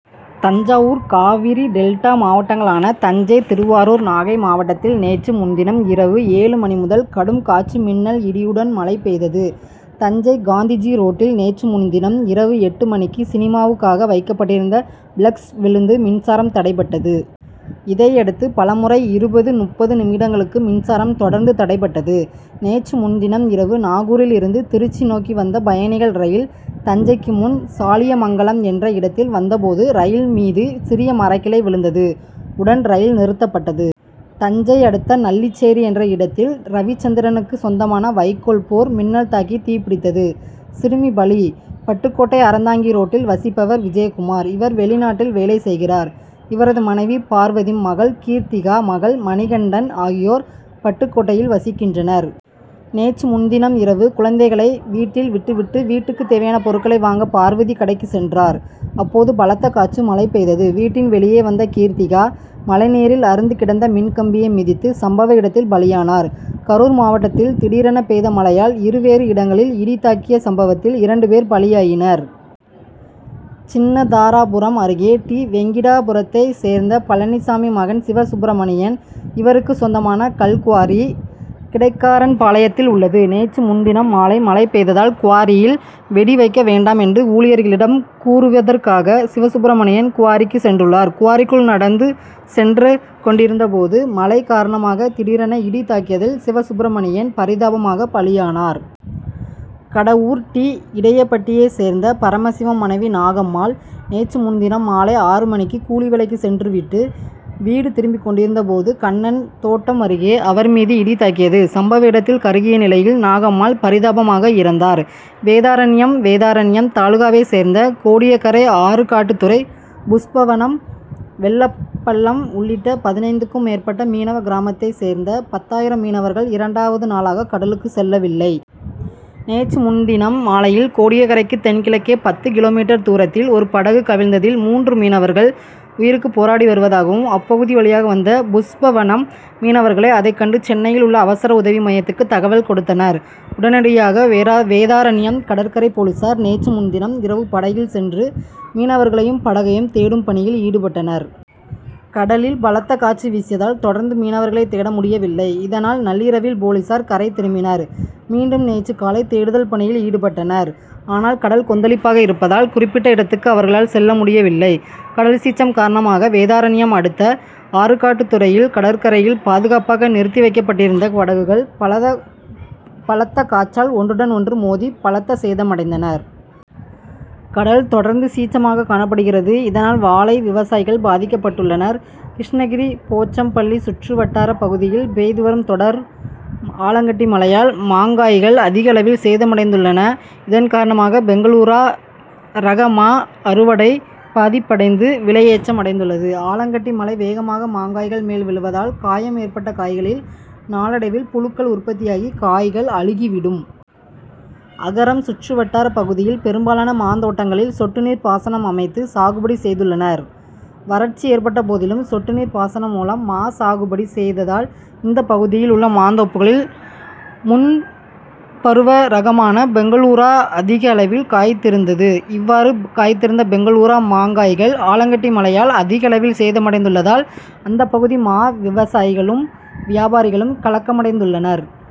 Thanjavur Cauvery delta மாவட்டங்களான தஞ்சை திருவாரூர் நாகை மாவட்டத்தில் நேற்று முன்தினம் இரவு ஏழு மணி முதல் கடும் காற்று மின்னல் இடியுடன் மழை பெய்தது. தஞ்சை காந்திஜி ரோட்டில் நேற்று முன்தினம் இரவு எட்டு மணிக்கு சினிமாவுக்காக வைக்கப்பட்டிருந்த பிளக்ஸ் விழுந்து மின்சாரம் தடைபட்டது. இதையடுத்து பல முறை இருபது, முப்பது நிமிடங்களுக்கு மின்சாரம் தொடர்ந்து தடைபட்டது. நேற்று முன்தினம் இரவு நாகூரில் இருந்து திருச்சி நோக்கி வந்த பயணிகள் ரயில் தஞ்சைக்கு முன் சாலியமங்கலம் என்ற இடத்தில் வந்தபோது ரயில் மீது சிறிய மரக்கிளை விழுந்தது. உடன் ரயில் நிறுத்தப்பட்டது. தஞ்சை அடுத்த நல்லிச்சேரி என்ற இடத்தில் ரவிச்சந்திரனுக்கு சொந்தமான வைக்கோல் போர் மின்னல் தாக்கி தீப்பிடித்தது. சிறுமி பலி பட்டுக்கோட்டை அறந்தாங்கி ரோட்டில் வசிப்பவர் விஜயகுமார். இவர் வெளிநாட்டில் வேலை செய்கிறார். இவரது மனைவி பார்வதி மகள் கீர்த்திகா மகன் மணிகண்டன் ஆகியோர் பட்டுக்கோட்டையில் வசிக்கின்றனர். நேற்று முன்தினம் இரவு குழந்தைகளை வீட்டில் விட்டுவிட்டு வீட்டுக்கு தேவையான பொருட்களை வாங்க பார்வதி கடைக்குச் சென்றார். அப்போது பலத்த காற்று மழை பெய்தது. வீட்டின் வெளியே வந்த கீர்த்திகா மழைநீரில் அறுந்து கிடந்த மின்கம்பியை மிதித்து சம்பவ இடத்தில் பலியானார். கரூர் மாவட்டத்தில் திடீரென பெய்த மழையால் இருவேறு இடங்களில் இடி தாக்கிய சம்பவத்தில் இரண்டு பேர் பலியாயினர். சின்னதாராபுரம் அருகே டி. வெங்கிடாபுரத்தை சேர்ந்த பழனிசாமி மகன் சிவசுப்பிரமணியன். இவருக்கு சொந்தமான கல் குவாரி கிடைக்காரன்பாளையத்தில் உள்ளது. நேற்று முன்தினம் மாலை மழை பெய்ததால் குவாரியில் வெடி வைக்க வேண்டாம் என்று ஊழியர்களிடம் கூறுவதற்காக சிவசுப்பிரமணியன் குவாரிக்கு சென்றுள்ளார். குவாரிக்குள் நடந்து சென்று கொண்டிருந்தபோது மழை காரணமாக திடீரென இடி தாக்கியதில் சிவசுப்பிரமணியன் பரிதாபமாக பலியானார். கடவூர் டி. இடையப்பட்டியை சேர்ந்த பரமசிவம் மனைவி நாகம்மாள். நேற்று முன்தினம் மாலை ஆறு மணிக்கு கூலி வேலைக்கு சென்றுவிட்டு வீடு திரும்பிக்கொண்டிருந்தபோது கண்ணன் தோட்டம் அருகே அவர் மீது இடி தாக்கியது. சம்பவ இடத்தில் கருகிய நிலையில் நாகம்மாள் பரிதாபமாக இறந்தார். வேதாரண்யம் வேதாரண்யம் தாலுகாவைச் சேர்ந்த கோடியக்கரை ஆறுகாட்டுத்துறை புஷ்பவனம் வெள்ளப்பள்ளம் உள்ளிட்ட பதினைந்துக்கும் மேற்பட்ட மீனவகிராமத்தைச் சேர்ந்த பத்தாயிரம் மீனவர்கள் இரண்டாவது நாளாக கடலுக்குச் செல்லவில்லை. நேற்று முன்தினம் மாலையில் கோடியக்கரைக்கு தென்கிழக்கே பத்து கிலோ மீட்டர் தூரத்தில் ஒரு படகு கவிழ்ந்ததில் மூன்று மீனவர்கள் உயிருக்கு போராடி வருவதாகவும் அப்பகுதி வழியாக வந்த புஷ்பவனம் மீனவர்கள் அதைக்கண்டு சென்னையில் உள்ள அவசர உதவி மையத்துக்கு தகவல் கொடுத்தனர். உடனடியாக வேதாரண்யம் கடற்கரை போலீசார் நேற்று முன்தினம் இரவு படகில் சென்று மீனவர்களையும் படகையும் தேடும் பணியில் ஈடுபட்டனர். கடலில் பலத்த காற்று வீசியதால் தொடர்ந்து மீனவர்களை தேட முடியவில்லை. இதனால் நள்ளிரவில் போலீசார் கரை திரும்பினர். மீண்டும் நேற்று காலை தேடுதல் பணியில் ஈடுபட்டனர். ஆனால் கடல் கொந்தளிப்பாக இருப்பதால் குறிப்பிட்ட இடத்துக்கு அவர்களால் செல்ல முடியவில்லை. கடல் சீற்றம் காரணமாக வேதாரண்யம் அடுத்த ஆறுகாட்டுத்துறையில் கடற்கரையில் பாதுகாப்பாக நிறுத்தி வைக்கப்பட்டிருந்த படகுகள் பலத்த காற்றால் ஒன்றுடன் ஒன்று மோதி பலத்த சேதமடைந்தன. கடல் தொடர்ந்து சீற்றமாக காணப்படுகிறது. இதனால் வாழை விவசாயிகள் பாதிக்கப்பட்டுள்ளனர். கிருஷ்ணகிரி போச்சம்பள்ளி சுற்றுவட்டார பகுதியில் பெய்து வரும் தொடர் ஆலங்கட்டி மழையால் மாங்காய்கள் அதிக அளவில் சேதமடைந்துள்ளன. இதன் காரணமாக பெங்களூரா ரக மா அறுவடை பாதிப்படைந்து விலை ஏற்றம் அடைந்துள்ளது. ஆலங்கட்டி மழை வேகமாக மாங்காய்கள் மேல் விழுவதால் காயம் ஏற்பட்ட காய்களில் நாளடைவில் புழுக்கள் உற்பத்தியாகி காய்கள் அழுகி விடும். அகரம் சுற்றுவட்டாரப் பகுதியில் பெரும்பாலான மாந்தோட்டங்களில் சொட்டுநீர் பாசனம் அமைத்து சாகுபடி செய்துள்ளனர். வறட்சி ஏற்பட்ட போதிலும் சொட்டுநீர் பாசனம் மூலம் மா சாகுபடி செய்ததால் இந்த பகுதியில் உள்ள மாந்தோப்புகளில் முன்பருவ ரகமான பெங்களூரா அதிக அளவில் காய்த்திருந்தது. இவ்வாறு காய்த்திருந்த பெங்களூரா மாங்காய்கள் ஆலங்கட்டி மழையால் அதிக அளவில் சேதமடைந்துள்ளதால் அந்த பகுதி மா விவசாயிகளும் வியாபாரிகளும் கலக்கமடைந்துள்ளனர்.